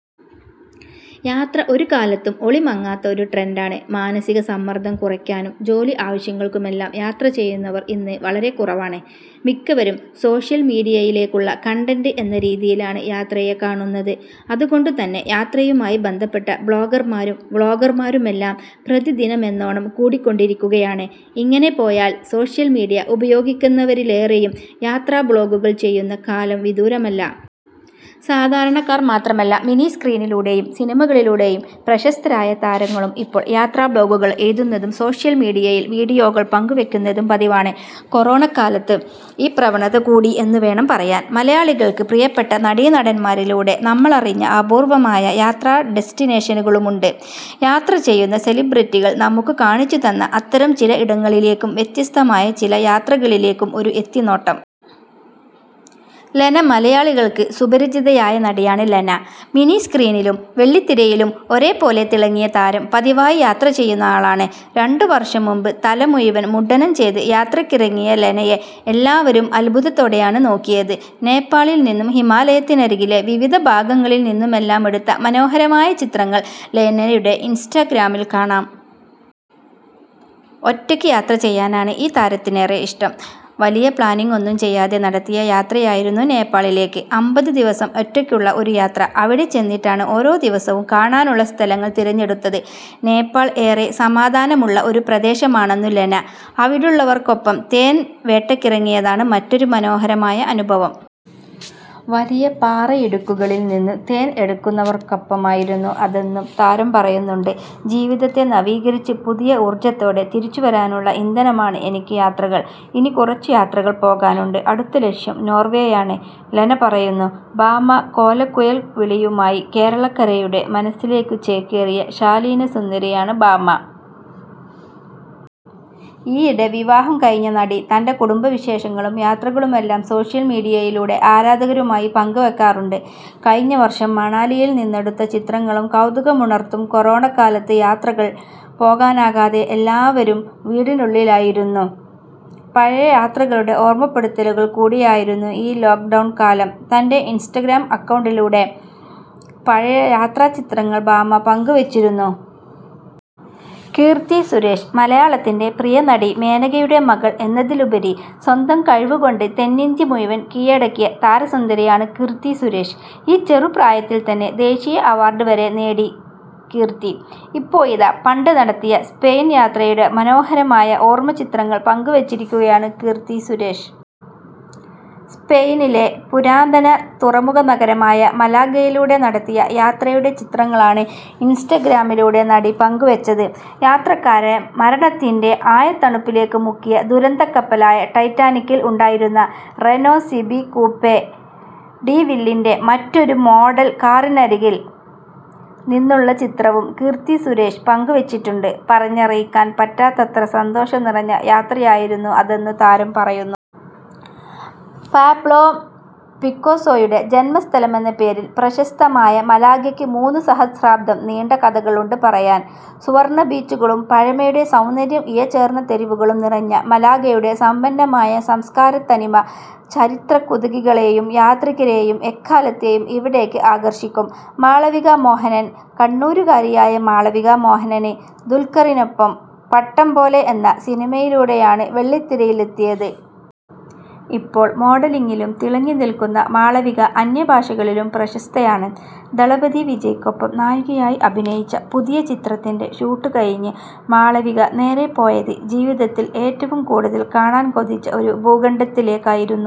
യാത്ര ഒരു കാലത്തും ഒളിമങ്ങാത്ത ഒരു ട്രെന്‍ഡാണ്. മാനസിക സമ്മര്‍ദ്ദം കുറയ്ക്കാനും ജോലി ആവശ്യങ്ങൾക്കു മെല്ലാം യാത്ര ചെയ്യുന്നവർ ഇന്ന് വളരെക്കുറവാണ്. മിക്കവരും സോഷ്യല്‍ മീഡിയയിലിലേക്കുള്ള കണ്ടന്റ് എന്ന രീതിയിലാണ് യാത്രയെ കാണുന്നത്. അതുകൊണ്ടുതന്നെ യാത്രയുമായി ബന്ധപ്പെട്ട ബ്ലോഗർമാരും വ്ലോഗർമാരുമെല്ലാം പ്രതിദിനമെന്നോണം കൂടിക്കൊണ്ടിരിക്കുകയാണ്. ഇങ്ങനെ പോയാല്‍ സോഷ്യല്‍ മീഡിയ ഉപയോഗിക്കുന്നവരിലേറെയും യാത്രാബ്ലോഗുകൾ ചെയ്യുന്ന കാലം വിദൂരമല്ല. സാധാരണക്കാര്‍ മാത്രമല്ല, മിനിസ്ക്രീനിലൂടെയും സിനിമകളിലൂടെയും പ്രശസ്തരായ താരങ്ങളും ഇപ്പോള്‍ യാത്രാബ്ലോഗുകൾ എഴുതുന്നതും സോഷ്യല്‍ മീഡിയയിൽ വീഡിയോകള്‍ പങ്കുവയ്ക്കുന്നതും പതിവാണ്. കൊറോണക്കാലത്ത് ഈ പ്രവണത കൂടി എന്നുവേണം പറയാന്‍. മലയാളികള്‍ക്ക് പ്രിയപ്പെട്ട നടീനടന്മാരിലൂടെ നമ്മളറിഞ്ഞ അപൂര്‍വമായ യാത്രാ ഡെസ്റ്റിനേഷനുകളുമുണ്ട്. യാത്ര ചെയ്യുന്ന സെലിബ്രിറ്റികൾ നമുക്കു കാണിച്ചുതന്ന അത്തരം ചില ഇടങ്ങളിലേക്കും വ്യത്യസ്തമായ ചില യാത്രകളിലേക്കും ഒരു എത്തിനോട്ടം. ലെന മലയാളികള്‍ക്ക് സുപരിചിതയായ നടിയാണ് ലെന. മിനിസ്ക്രീനിലും വെള്ളിത്തിരയിലും ഒരേപോലെ തിളങ്ങിയ താരം പതിവായി യാത്ര ചെയ്യുന്ന ആളാണ്. രണ്ടു വര്‍ഷം മുമ്പ്, തല മുഴുവന്‍ മുണ്ഡനം ചെയ്ത് യാത്രയ്ക്കിറങ്ങിയ ലെനയെ എല്ലാവരും അദ്ഭുതത്തെയാണ് നോക്കിയത്. നേപ്പാളില്‍ നിന്നും ഹിമാലയത്തിനരികിലെ വിവിധ ഭാഗങ്ങളില്‍ നിന്നുമെല്ലാമെടുത്ത മനോഹരമായ ചിത്രങ്ങള്‍ ലെനയുടെ ഇന്സ്റ്റഗ്രാമിൽ കാണാം. ഒറ്റയ്ക്ക് യാത്ര ചെയ്യാനാണ് ഈ താരത്തിനേറെ ഇഷ്ടം. വലിയ പ്ലാനിങ് ഒന്നും ചെയ്യാതെ നടത്തിയ യാത്രയായിരുന്നു നേപ്പാളിലേക്ക്. അമ്പത് ദിവസം ഒറ്റയ്ക്കുള്ള ഒരു യാത്ര. അവിടെ ചെന്നിട്ടാണ് ഓരോ ദിവസവും കാണാനുള്ള സ്ഥലങ്ങൾ തിരഞ്ഞെടുത്തത്. നേപ്പാൾ ഏറെ സമാധാനമുള്ള ഒരു പ്രദേശമാണെന്നു ലെന. അവിടുള്ളവർക്കൊപ്പം തേൻ വേട്ടയ്ക്കിറങ്ങിയതാണ് മറ്റൊരു മനോഹരമായ അനുഭവം. വലിയ പാറയിടുക്കുകളിൽ നിന്നു തേൻ എടുക്കുന്നവർക്കൊപ്പമായിരുന്നു അതെന്നും താരം പറയുന്നുണ്ട്. ' ജീവിതത്തെ നവീകരിച്ച് പുതിയ ഊർജത്തോടെ തിരിച്ചുവരാനുള്ള ഇന്ധനമാണ് എനിക്ക് യാത്രകൾ. ഇനി കുറച്ചു യാത്രകൾ പോകാനുണ്ട്. അടുത്ത ലക്ഷ്യം നോർവേയാണ് ' ലെന പറയുന്നു. ഭാമ കോലക്കുഴൽവിളിയുമായി കേരളക്കരയുടെ മനസ്സിലേക്കു ചേക്കേറിയ ശാലീനസുന്ദരിയാണ് ഭാമ. ഈയിടെ വിവാഹം കഴിഞ്ഞ നടി തന്‍റെ കുടുംബവിശേഷങ്ങളും യാത്രകളുമെല്ലാം സോഷ്യല്‍ മീഡിയയിലൂടെ ആരാധകരുമായി പങ്കുവയ്ക്കാറുണ്ട്. കഴിഞ്ഞ വര്‍ഷം മണാലിയിൽ നിന്നെടുത്ത ചിത്രങ്ങളും കൗതുകമുണർത്തൂം. കൊറോണക്കാലത്ത് യാത്രകൾ പോകാനാകാതെ എല്ലാവരും വീടിനുള്ളിലായിരുന്നു. പഴയ യാത്രകളുടെ ഓർമപ്പെടുത്തലുകൾ കൂടിയായിരുന്നു ഈ ലോക്ഡൗൺകാലം. തന്‍റെ ഇന്സ്റ്റഗ്രാം അക്കൗണ്ടിലൂടെ പഴയ യാത്രാചിത്രങ്ങൾ ഭാമ പങ്കു വച്ചിരുന്നു. കീര്‍ത്തി സുരേഷ് മലയാളത്തിന്‍റെ പ്രിയനടി മേനകയുടെ മകള്‍ എന്നതിലുപരി സ്വന്തം കഴിവുകൊണ്ട് തെന്നിന്ത്യ മുഴുവന്‍ കീഴടക്കിയ താരസുന്ദരിയാണ് കീര്‍ത്തി സുരേഷ്. ഈ ചെറുപ്രായത്തിൽത്തന്നെ ദേശീയ അവാര്‍ഡ് വരെ നേടി കീര്‍ത്തി. ഇപ്പോഴിതാ പണ്ട് നടത്തിയ സ്പെയിന് യാത്രയുടെ മനോഹരമായ ഓര്‍മ ചിത്രങ്ങള്‍ പങ്കുവച്ചിരിക്കുകയാണ് കീര്‍ത്തി സുരേഷ്. സ്പെയിനിലെ പുരാതന തുറമുഖ നഗരമായ മലാഗയിലൂടെ നടത്തിയ യാത്രയുടെ ചിത്രങ്ങളാണ് ഇന്സ്റ്റഗ്രാമിലൂടെ നടി പങ്കുവച്ചത്. യാത്രക്കാരെ മരണത്തിന്‍റെ ആഴത്തണുപ്പിലേക്കു മുക്കിയ ദുരന്തക്കപ്പലായ ടൈറ്റാനിക്കിൽ ഉണ്ടായിരുന്ന റെനോ സിബി കൂപ്പേ ഡി വില്ലിന്‍റെ മറ്റൊരു മോഡൽ കാറിനരികിൽ നിന്നുള്ള ചിത്രവും കീർത്തി സുരേഷ് പങ്കുവച്ചിട്ടുണ്ട്. പറഞ്ഞറിയിക്കൻ പറ്റാത്തത്ര സന്തോഷം നിറഞ്ഞ യാത്രയായിരുന്നു അതെന്നു താരം പറയുന്നു. പാബ്ലോ പിക്കാസോയുടെ ജന്മസ്ഥലമെന്ന പേരില്‍ പ്രശസ്തമായ മലാഗയ്ക്ക് മൂന്നു സഹസ്രാബ്ദം നീണ്ട കഥകളുണ്ട് പറയാന്. സുവര്‍ണ്ണ ബീച്ചുകളും പഴമയുടെ സൗന്ദര്യം ഇഴ ചേര്‍ന്ന തെരുവുകളും നിറഞ്ഞ മലാഗയുടെ സമ്പന്നമായ സംസ്കാരത്തനിമ ചരിത്രകുതുകികളെയും യാത്രികരെയും എക്കാലത്തും ഇവിടേക്ക് ആകര്‍ഷിക്കും. മാളവിക മോഹനൻ കണ്ണൂരുകാരിയായ മാളവിക മോഹനന്, ദുൽക്കറിനൊപ്പം ' പട്ടം പോലെ ' എന്ന സിനിമയിലൂടെയാണ് വെള്ളിത്തിരയിലെത്തിയത്. ഇപ്പോള്‍ മോഡലിങ്ങിലും തിളങ്ങി നില്‍ക്കുന്ന മാളവിക അന്യഭാഷകളിലും പ്രശസ്തയാണ്. ദളപതി വിജയ്ക്കൊപ്പം നായികയായി അഭിനയിച്ച പുതിയ ചിത്രത്തിന്‍റെ ഷൂട്ട് കഴിഞ്ഞ് മാളവിക നേരേ പോയത് ജീവിതത്തില്‍ ഏറ്റവും കൂടുതല്‍ കാണാന്‍ കൊതിച്ച ഒരു ഭൂഖണ്ഡത്തിലേക്കായിരുന്നു.